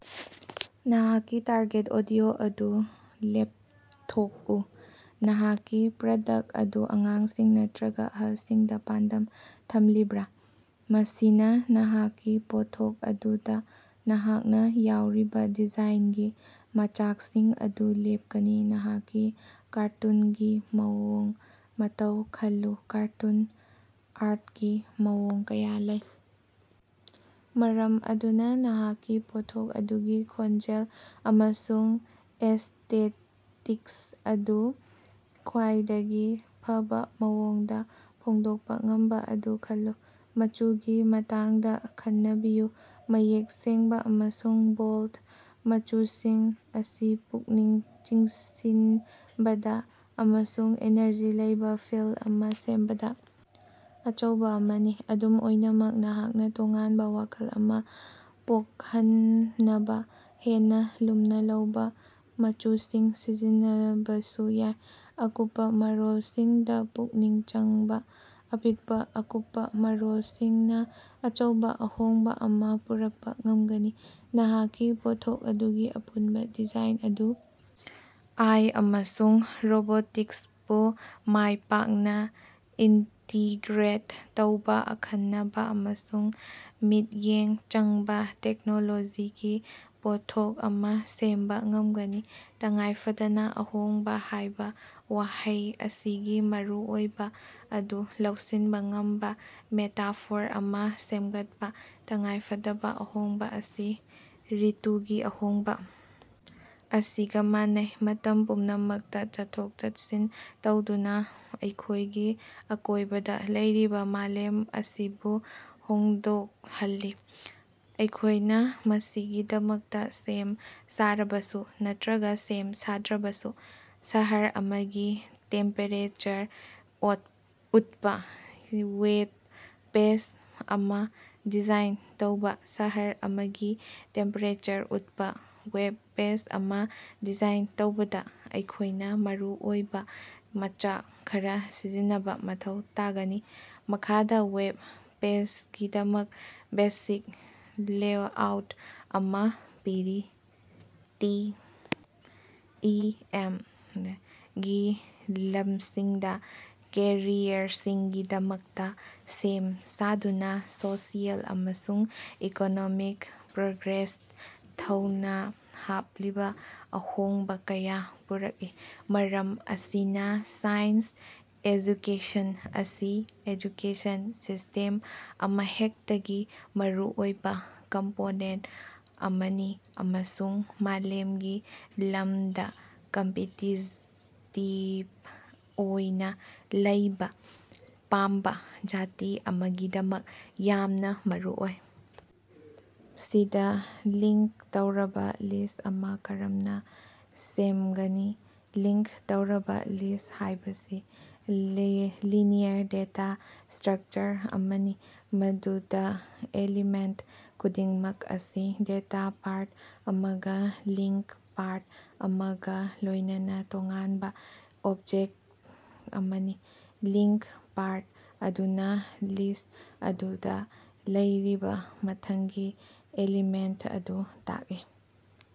ꯅꯍꯥꯛꯀꯤ target audio ꯑꯗꯨ ꯂꯦꯞꯊꯣꯛꯎ: ꯅꯍꯥꯛꯀꯤ ꯄ꯭ꯔꯗꯛ ꯑꯗꯨ ꯑꯉꯥꯡꯁꯤꯡ ꯅꯠꯇꯔꯒ ꯑꯍꯜꯁꯤꯡꯗ ꯄꯥꯟꯗꯝ ꯊꯃꯂꯤꯕꯔꯥ? ꯃꯁꯤꯅ ꯅꯍꯥꯛꯀꯤ ꯄꯣꯠꯊꯣꯛ ꯑꯗꯨꯗ ꯅꯍꯥꯛꯅ ꯌꯥꯎꯔꯤꯕ ꯗꯤꯖꯥꯏꯟꯒꯤ ꯃꯆꯥꯛꯁꯤꯡ ꯑꯗꯨ ꯂꯦꯞꯀꯅꯤ꯫ ꯅꯍꯥꯛꯀꯤ ꯀꯥꯔꯇꯨꯟꯒꯤ ꯃꯑꯣꯡ ꯃꯇꯧ ꯈꯜꯂꯨ: ꯀꯥꯔꯇꯨꯟ ꯑꯥ꯭ꯔꯠꯀꯤ ꯃꯑꯣꯡ ꯀꯌꯥ ꯂꯩ, ꯃꯔꯝ ꯑꯗꯨꯅ ꯅꯍꯥꯛꯀꯤ ꯄꯣꯠꯊꯣꯛ ꯑꯗꯨꯒꯤ ꯈꯣꯟꯖꯦꯜ ꯑꯃꯁꯨꯡ ꯑꯦꯁ꯭ꯇꯦꯇꯤꯛꯁ ꯑꯗꯨ ꯈ꯭ꯋꯥꯏꯗꯒꯤ ꯐꯕ ꯃꯑꯣꯡꯗ ꯐꯣꯡꯗꯣꯛꯄ ꯉꯝꯕ ꯑꯗꯨ ꯈꯜꯂꯨ꯫ ꯃꯆꯨꯒꯤ ꯃꯇꯥꯡꯗ ꯈꯟꯅꯕꯤꯌꯨ: ꯃꯌꯦꯛ ꯁꯦꯡꯕ ꯑꯃꯁꯨꯡ ꯕꯣꯜꯗ ꯃꯆꯨꯁꯤꯡ ꯑꯁꯤ ꯄꯨꯛꯅꯤꯡ ꯆꯤꯡꯁꯤꯟꯕꯗ ꯑꯃꯁꯨꯡ ꯏꯅ꯭ꯔꯖꯤ ꯂꯩꯕ ꯐꯤꯜ ꯑꯃ ꯁꯦꯝꯕꯗ ꯑꯆꯧꯕ ꯑꯃꯅꯤ꯫ ꯑꯗꯨꯝ ꯑꯣꯏꯅꯃꯛ, ꯅꯍꯥꯛꯅ ꯇꯣꯉꯥꯟꯕ ꯋꯥꯈꯜ ꯑꯃ ꯄꯣꯈꯟꯅꯕ ꯍꯦꯟꯅ ꯂꯨꯝꯅ ꯂꯧꯕ ꯃꯆꯨꯁꯤꯡ ꯁꯤꯖꯤꯟꯅꯕꯁꯨ ꯌꯥꯏ꯫ ꯑꯀꯨꯞꯄ ꯃꯔꯣꯜꯁꯤꯡꯗ ꯄꯨꯛꯅꯤꯡ ꯆꯪꯕꯥ: ꯑꯄꯤꯛꯄ ꯑꯀꯨꯞꯄ ꯃꯔꯣꯂꯁꯤꯡꯅ ꯑꯆꯧꯕ ꯑꯍꯣꯡꯕ ꯑꯃ ꯄꯨꯔꯛꯄ ꯉꯝꯒꯅꯤ꯫ ꯅꯍꯥꯛꯀꯤ ꯄꯣꯠꯊꯣꯛ ꯑꯗꯨꯒꯤ ꯑꯄꯨꯟꯕ ꯗꯤꯖꯥꯏꯟ ꯑꯗꯨ ꯑꯥꯏ. ꯑꯃꯁꯨꯡ ꯔꯣꯕꯣꯇꯤꯛꯁꯄꯨ ꯃꯥꯏ ꯄꯥꯛꯅ ꯏꯟꯇꯤꯒ꯭ꯔꯦꯠ ꯇꯧꯕ ꯑꯈꯟꯅꯕ ꯑꯃꯁꯨꯡ ꯃꯤꯠꯌꯦꯡ ꯆꯪꯕ ꯇꯦꯛꯅꯣꯂꯣꯖꯤꯒꯤ ꯄꯣꯠꯊꯣꯛ ꯑꯃ ꯁꯦꯝꯕ ꯉꯝꯒꯅꯤ꯫ "ꯇꯉꯥꯏꯐꯗꯕ ꯑꯍꯣꯡꯕ" ꯍꯥꯏꯕ ꯋꯥꯍꯩ ꯑꯁꯤꯒꯤ ꯃꯔꯨꯑꯣꯏꯕ ꯑꯗꯨ ꯂꯧꯁꯤꯟꯕ ꯉꯝꯕ ꯃꯦꯇꯥꯐꯣꯔ ꯑꯃ ꯁꯦꯝꯒꯠꯄ꯫ ꯇꯉꯥꯏꯐꯗꯕ ꯑꯍꯣꯡꯕ ꯑꯁꯤ ꯔꯤꯇꯨꯒꯤ ꯑꯍꯣꯡꯕ ꯑꯁꯤꯒ ꯃꯥꯟꯅꯩ, ꯃꯇꯝ ꯄꯨꯝꯅꯃꯛꯇ ꯆꯠꯊꯣꯛ-ꯆꯠꯁꯤꯟ ꯇꯧꯗꯨꯅ, ꯑꯩꯈꯣꯏꯒꯤ ꯑꯀꯣꯏꯕꯗ ꯂꯩꯔꯤꯕ ꯃꯥꯂꯦꯝ ꯑꯁꯤꯕꯨ ꯍꯣꯡꯗꯣꯛꯍꯜꯂꯤ, ꯑꯩꯈꯣꯏꯅ ꯃꯁꯤꯒꯤꯗꯃꯛꯇ ꯁꯦꯝ ꯁꯥꯔꯕꯁꯨ ꯅꯠꯇꯔꯒ ꯁꯦꯝ ꯁꯥꯗ꯭ꯔꯕꯁꯨ꯫ ꯁꯍꯔ ꯑꯃꯒꯤ ꯇꯦꯝꯄꯦꯔꯦꯆꯔ ꯎꯠꯄꯥ ꯋꯦꯕ ꯄꯦꯖ ꯑꯃꯥ ꯗꯤꯖꯥꯏꯟ ꯇꯧꯕꯥ꯫ ꯁꯍꯔ ꯑꯃꯒꯤ ꯇꯦꯝꯄꯦꯔꯦꯆꯔ ꯎꯠꯄ ꯋꯦꯕ ꯄꯦꯖ ꯑꯃ ꯗꯤꯖꯥꯏꯟ ꯇꯧꯕꯗ ꯑꯩꯈꯣꯏꯅ ꯃꯔꯨꯑꯣꯏꯕ ꯃꯆꯥꯛ ꯈꯔ ꯁꯤꯖꯤꯟꯅꯕ ꯃꯊꯧ ꯇꯥꯒꯅꯤ꯫ ꯃꯈꯥꯗ ꯋꯦꯕ ꯄꯦꯖꯒꯤꯗꯃꯛ ꯕꯦꯁꯤꯛ ꯂꯦꯑꯥꯎꯠ ꯑꯃꯥ ꯄꯤꯔꯤ ꯇꯤ. ꯏ. ꯑꯦꯝ.)ꯒꯤ ꯂꯝꯁꯤꯡꯗ ꯀꯦꯔꯤꯌꯔꯁꯤꯡꯒꯤꯗꯃꯛꯇ ꯁꯦꯝ ꯁꯥꯗꯨꯅ ꯁꯣꯁꯤꯑꯦꯜ ꯑꯃꯁꯨꯡ ꯏꯀꯣꯅꯣꯃꯤꯛ ꯄ꯭ꯔꯣꯒ꯭ꯔꯦꯁꯇ ꯊꯧꯅꯥ ꯍꯥꯞꯂꯤꯕ ꯑꯍꯣꯡꯕ ꯀꯌꯥ ꯄꯨꯔꯛꯏ꯫ ꯃꯔꯝ ꯑꯁꯤꯅ ꯁꯥꯏꯟꯁ ꯑꯦꯖꯨꯀꯦꯁꯟ ꯑꯁꯤ ꯑꯦꯖꯨꯀꯦꯁꯟ ꯁꯤꯁ꯭ꯇꯦꯝ ꯑꯃꯍꯦꯛꯇꯒꯤ ꯃꯔꯨꯑꯣꯏꯕ ꯀꯝꯄꯣꯅꯦꯟꯠ ꯑꯃꯅꯤ ꯑꯃꯁꯨꯡ ꯃꯥꯂꯦꯝꯒꯤ ꯂꯝꯗ ꯀꯝꯄꯤꯇꯤꯇꯤꯚ ꯑꯣꯏꯅ ꯂꯩꯕ ꯄꯥꯝꯕ ꯖꯥꯇꯤ ꯑꯃꯒꯤꯗꯃꯛ ꯌꯥꯝꯅ ꯃꯔꯨꯑꯣꯏ꯫ ꯁꯤ ꯗꯥ ꯂꯤꯡꯛ ꯇꯧꯔꯕ ꯂꯤꯁ꯭ꯠ ꯑꯃ ꯀꯔꯝꯅ ꯁꯦꯝꯒꯅꯤ? ꯂꯤꯡꯛ ꯇꯧꯔꯕ ꯂꯤꯁ꯭ꯠ ꯍꯥꯏꯕꯁꯤ ꯂꯦ ꯂꯤꯅꯤꯌꯔ ꯗꯦꯇꯥ ꯁ꯭ꯇꯔꯀꯆꯔ ꯑꯃꯅꯤ ꯃꯗꯨꯗ ꯑꯦꯂꯤꯃꯦꯟꯠ ꯈꯨꯗꯤꯡꯃꯛ ꯑꯁꯤ ꯗꯦꯇꯥ ꯄꯥꯔꯠ ꯑꯃꯒ ꯂꯤꯉ꯭ꯛ ꯄꯥꯔꯠ ꯑꯃꯒ ꯂꯣꯏꯅꯅ ꯇꯣꯉꯥꯟꯕ ꯑꯣꯕꯖꯦꯛꯠ ꯑꯃꯅꯤ꯫ ꯂꯤꯉ꯭ꯛ ꯄꯥꯔꯠ ꯑꯗꯨꯅ ꯂꯤꯁ꯭ꯠ ꯑꯗꯨꯗ ꯂꯩꯔꯤꯕ ꯃꯊꯪꯒꯤ ꯑꯦꯂꯤꯃꯦꯟꯠ ꯑꯗꯨ ꯇꯥꯛꯏ꯫